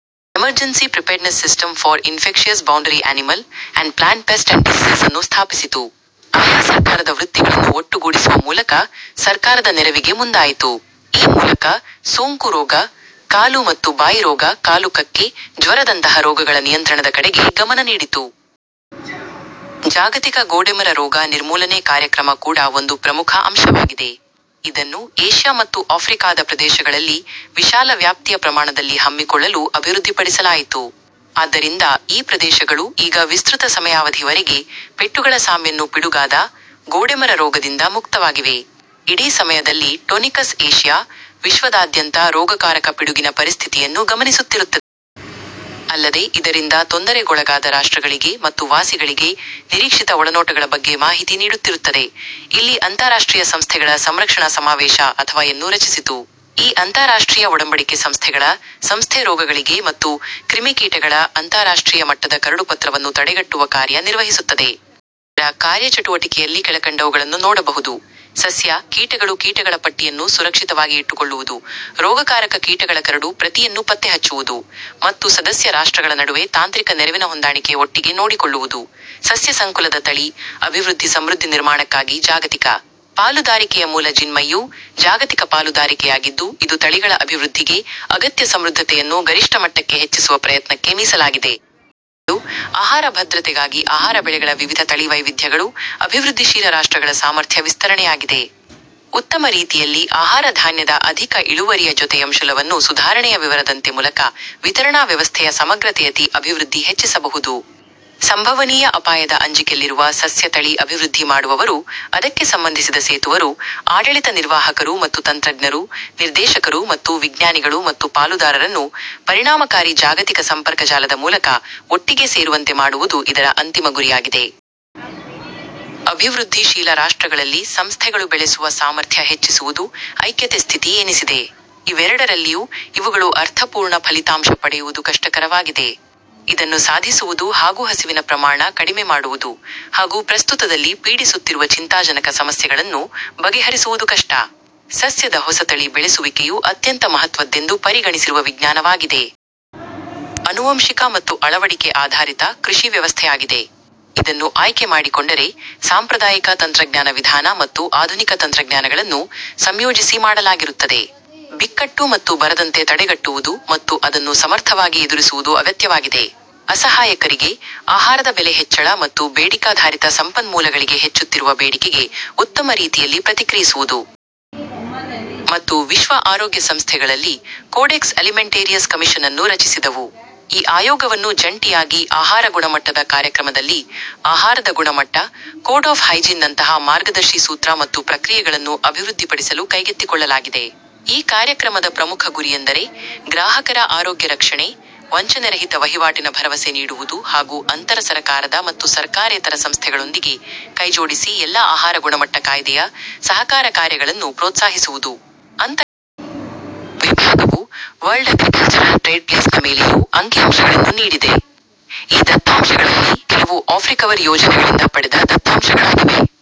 Emergency prevention system for transboundary animal and plant pests and diseases ಅನ್ನು ಸ್ಥಾಪಿಸಿತು. ಆಯಾ ಸರ್ಕಾರದ ಪ್ರತಿಕ್ರಿಯೆಗಳನ್ನು ಒಟ್ಟುಗೂಡಿಸುವ ಮೂಲಕ ಸರ್ಕಾರದ ನೆರವಿಗೆ ಮುಂದಾಯಿತು. ಈ ಮೂಲಕ ಗೋಮಾರಿ ರೋಗ, ಕಾಲು ಮತ್ತು ಬಾಯಿ ರೋಗ ಹಾಗು ಹಕ್ಕಿ ಜ್ವರ ದಂತಹ ರೋಗಗಳ ನಿಯಂತ್ರಣದ ಕಡೆಗೆ ಗಮನ ನೀಡಿತು. ಜಾಗತಿಕ ಗೋಮಾರಿ ರೋಗ ನಿರ್ಮೂಲನೆ ಕಾರ್ಯಕ್ರಮ ಕೂಡ ಒಂದು ಪ್ರಮುಖ ಅಂಶವಾಗಿದೆ. ಇದನ್ನು ಏಷ್ಯಾ ಮತ್ತು ಆಫ್ರಿಕಾದ ಪ್ರದೇಶಗಳಲ್ಲಿ ವಿಶಾಲ ವ್ಯಾಪ್ತಿಯ ಪ್ರಮಾಣದಲ್ಲಿ ಹಮ್ಮಿಕೊಳ್ಳಲು ಅಭಿವೃದ್ಧಿಪಡಿಸಲಾಯಿತು. ಆದ್ದರಿಂದ ಈ ಪ್ರದೇಶಗಳು ಈಗ ವಿಸ್ತೃತ ಸಮಯಾವಧಿ ವರೆಗೆ ಪಶುಗಳ ಸಾಮಾನ್ಯ ಪಿಡುಗಾದ, ಗೋಮಾರಿ ರೋಗದಿಂದ ಮುಕ್ತವಾಗಿವೆ. ಇದೇ ಸಮಯದಲ್ಲಿ ಲೋಕಸ್ಟ್ ವಾಚ್, ವಿಶ್ವದಾದ್ಯಂತ ರೋಗಕಾರಕ ಪಿಡುಗಿನ ಪರಿಸ್ಥಿತಿಯನ್ನು ಗಮನಿಸುತ್ತಿರುತ್ತದೆ. ಅಲ್ಲದೇ ಇದರಿಂದ ತೊಂದರೆಗೊಳಗಾದ ರಾಷ್ಟ್ರಗಳಿಗೆ ಮತ್ತು ದಾನಿಗಳಿಗೆ ನಿರೀಕ್ಷಿತ ಬೆಳವಣಿಗೆಯ ಬಗ್ಗೆ ಮಾಹಿತಿ ನೀಡುತ್ತಿರುತ್ತದೆ., ರಲ್ಲಿ ಅಂತರರಾಷ್ಟ್ರೀಯ ಸಸ್ಯಕುಲ ಸಂರಕ್ಷಣಾ ಸಮಾವೇಶ ಅಥವಾ ಯನ್ನು ರಚಿಸಿತು. ಈ ಅಂತರರಾಷ್ಟ್ರೀಯ ಒಡಂಬಡಿಕೆ ಸಂಘಟನೆ, ಸಸ್ಯ ರೋಗಗಳ ಮತ್ತು ಕ್ರಿಮಿಕೀಟಗಳ ಅಂತರರಾಷ್ಟ್ರೀಯ ಮಟ್ಟದ ಹರಡುವಿಕೆಯನ್ನು ತಡೆಗಟ್ಟುವ ಕಾರ್ಯ ನಿರ್ವಹಿಸುತ್ತದೆ. ಇದರ ಕಾರ್ಯಚಟುವಟಿಕೆಯಲ್ಲಿ ಕೆಳಕಂಡವುಗಳನ್ನು ನೋಡಬಹುದು: ಸಸ್ಯ ಪಿಡುಗು ಕೀಟಗಳ ಪಟ್ಟಿಯನ್ನು ಸುರಕ್ಷಿತವಾಗಿ ಇಟ್ಟುಕೊಳ್ಳುವುದು, ರೋಗಕಾರಕ ಕೀಟಗಳ ಹರಡುವಿಕೆಯನ್ನು ಪತ್ತೆಹಚ್ಚುವುದು, ಮತ್ತು ಸದಸ್ಯ ರಾಷ್ಟ್ರಗಳ ನಡುವೆ ತಾಂತ್ರಿಕ ನೆರವಿನ ಹೊಂದಾಣಿಕೆ ಬಗೆಗೆ ನೋಡಿಕೊಳ್ಳುವುದು. ಸಸ್ಯ ಸಂಕುಲದ ತಳಿ ಅಭಿವೃದ್ಧಿ ಸಾಮರ್ಥ್ಯ ನಿರ್ಮಾಣಕ್ಕಾಗಿ ಜಾಗತಿಕ ಪಾಲುದಾರಿಕೆಯ ಮೊದಲ ಹೆಜ್ಜೆಯು, ಜಾಗತಿಕ ಪಾಲುದಾರಿಕೆಯಾಗಿದ್ದು, ಇದು ತಳಿಗಳ ಅಭಿವೃದ್ಧಿಗೆ ಅಗತ್ಯ ಸಾಮರ್ಥ್ಯವನ್ನು ಗರಿಷ್ಠ ಮಟ್ಟಕ್ಕೆ ಹೆಚ್ಚಿಸುವ ಪ್ರಯತ್ನಕ್ಕೆ ಮೀಸಲಾಗಿದೆ. ನಿಯೋಗವು, ಆಹಾರ ಭದ್ರತೆಗಾಗಿ ಆಹಾರ ಬೆಳೆಗಳ ವಿವಿಧ ತಳಿ ವೃದ್ಧಿಸಲು ಅಭಿವೃದ್ಧಿಶೀಲ ರಾಷ್ಟ್ರಗಳ ಸಾಮರ್ಥ್ಯ ವರ್ಧಿಸಬೇಕಾಗಿದೆ. ಉತ್ತಮ ರೀತಿಯಲ್ಲಿ ಆಹಾರ ಧಾನ್ಯದ ಅಧಿಕ ಇಳುವರಿಯ ಬೆಳೆಸಂಕುಲವನ್ನು ಸುಧಾರಣೆಯ ನಿರಂತರತೆ ಮೂಲಕ, ವಿತರಣಾ ವ್ಯವಸ್ಥೆಯ ಸಮಗ್ರತೆಯಡಿ ಅಭಿವೃದ್ಧಿ ಹೆಚ್ಚಿಸಬಹುದು. ಸಂಭವನೀಯ ಅಪಾಯದ ಅಂಚಿನಲ್ಲಿರುವ ಸಸ್ಯ ತಳಿ ಅಭಿವೃದ್ಧಿ ಮಾಡುವವರು, ಅದಕ್ಕೆ ಸಂಭಂಧಿಸಿದ ನೇತಾರರು, ಆಡಳಿತ ನಿರ್ವಾಹಕರು ಮತ್ತು ತಂತ್ರಜ್ಞರು, ನಿರ್ದೇಶಕರು ಮತ್ತು, ದಾನಿಗಳು ಮತ್ತು ಪಾಲುದಾರರನ್ನು ಪರಿಣಾಮಕಾರಿ ಜಾಗತಿಕ ಸಂಪರ್ಕಜಾಲದ ಮೂಲಕ ಒಟ್ಟಿಗೆ ಸೇರುವಂತೆ ಮಾಡುವುದು ಇದರ ಅಂತಿಮ ಗುರಿಯಾಗಿದೆ. ಅಭಿವೃದ್ಧಿಶೀಲ ರಾಷ್ಟ್ರಗಳಲ್ಲಿ ಸಸ್ಯ ತಳಿ ಬೆಳೆಸುವ ಸಾಮರ್ಥ್ಯ ಹೆಚ್ಚಿಸುವುದು ಬಿಕ್ಕಟ್ಟಿನ ಸ್ಥಿತಿ ಎನಿಸಿದೆ. ಬಡತನದಲ್ಲಿರುವ ಇವುಗಳು ಅರ್ಥಪೂರ್ಣ ಫಲಿತಾಂಶ ಪಡೆಯುವುದು ಕಷ್ಟಕರವಾಗಿದೆ. ಇದನ್ನು ಸಾಧಿಸುವುದು ಹಾಗು ಹಸಿವಿನ ಪ್ರಮಾಣ ಕಡಿಮೆ ಮಾಡುವುದು, ಹಾಗು ಪ್ರಸ್ತುತದಲ್ಲಿ ಪೀಡಿಸುತ್ತಿರುವ ಚಿಂತಾಜನಕ ಸಮಸ್ಯೆಗಳನ್ನು ಪರಿಹರಿಸುವುದು ಕಷ್ಟ. ಸಸ್ಯದ ಹೊಸತಳಿ ಬೆಳೆಸುವಿಕೆಯು, ಅತ್ಯಂತ ಮಹತ್ವದೆಂದು ಪರಿಗಣಿಸಲಾಗಿರುವ ವಿಜ್ಞಾನವಾಗಿದೆ. ಆನುವಂಶಿಕ ಮತ್ತು ಅಳವಡಿಕೆ ಆಧಾರಿತ, ಕೃಷಿ ವ್ಯವಸ್ಥೆಯಾಗಿದೆ. ಇದನ್ನು ಆಯ್ಕೆ ಮಾಡಿಕೊಂಡ ಸಾಂಪ್ರದಾಯಿಕ ತಂತ್ರಜ್ಞಾನ ವಿಧಾನ ಮತ್ತು ಆಧುನಿಕ ತಂತ್ರಜ್ಞಾನಗಳನ್ನು ಸಂಯೋಜಿಸಿ ಮಾಡಲಾಗುತ್ತದೆ. ಬಿಕ್ಕಟ್ಟು ಮತ್ತೆ ಬರದಂತೆ ತಡೆಗಟ್ಟುವುದು ಮತ್ತು ಅದನ್ನು ಸಮರ್ಥವಾಗಿ ಎದುರಿಸುವುದು ಅಗತ್ಯವಾಗಿದೆ. ಉದಾಹರಣೆಗೆ, ಆಹಾರದ ಬೆಲೆ ಹೆಚ್ಚಳ ಮತ್ತು ಬೆಳೆಯಾಧಾರಿತ ಸಂಪನ್ಮೂಲಗಳಿಗೆ ಹೆಚ್ಚಾದ ಬೇಡಿಕೆಗಳಿಗೆ ಉತ್ತಮ ರೀತಿಯಲ್ಲಿ ಪ್ರತಿಕ್ರಿಯಿಸುವುದು. ಮತ್ತು ವಿಶ್ವ ಆರೋಗ್ಯ ಸಂಘಟನೆಗಳು ರಲ್ಲಿ ಕೊಡೆಕ್ಸ್ ಅಲೈಮೆಂಟರಿಯಸ್ ಕಮಿಷನ್ ಅನ್ನು ರಚಿಸಿದವು. ಈ ಆಯೋಗವನ್ನು ಜಂಟಿಯಾಗಿ ಆಹಾರ ಗುಣಮಟ್ಟದ ಕಾರ್ಯಕ್ರಮದಡಿ, ಆಹಾರದ ಗುಣಮಟ್ಟ, ಕೋಡ್ ಆಫ್ ಪ್ರಾಕ್ಟೀಸ್ ನಂತಹ ಮಾರ್ಗದರ್ಶಿ ಸೂತ್ರ ಮತ್ತು ಪಠ್ಯಗಳನ್ನು ಅಭಿವೃದ್ಧಿಪಡಿಸಲು ಕೈಗೆತ್ತಿಕೊಳ್ಳಲಾಗಿದೆ. ಈ ಕಾರ್ಯಕ್ರಮದ ಪ್ರಮುಖ ಗುರಿಯೆಂದರೆ; ಗ್ರಾಹಕನ ಆರೋಗ್ಯ ರಕ್ಷಣೆ, ವಂಚನೆರಹಿತ ವಹಿವಾಟಿನ ಭರವಸೆ ನೀಡುವುದು ಹಾಗು ಅಂತರಸರ್ಕಾರದ ಮತ್ತು ಸರ್ಕಾರೇತರ ಸಂಘಟನೆಗಗಳು ಕೈಗೊಳ್ಳುವ ಎಲ್ಲಾ ಆಹಾರ ಗುಣಮಟ್ಟ ಕಾರ್ಯದ ಸಹಕಾರ ಕಾರ್ಯಗಳನ್ನು ಪ್ರೋತ್ಸಾಹಿಸುವುದು. ಅಂಕಿಅಂಶ ವಿಭಾಗವು, ವಲ್ಡ್ ಅಗ್ರಿಕಲ್ಚರಲ್ ಟ್ರೇಡ್ ಫ್ಲೋಸ್ ನ ಮೇಲೆಯೂ ಅಂಕಿಅಂಶಗಳನ್ನು ನೀಡಿದೆ. ಈ ದತ್ತಾಂಶಗಳಲ್ಲಿ ಕೆಲವು ಅಫ್ರಿಕವರ್ ಯೋಜನೆಗಳಿಂದ ಪಡೆದ ದತ್ತಾಂಶಗಳಾಗಿವೆ.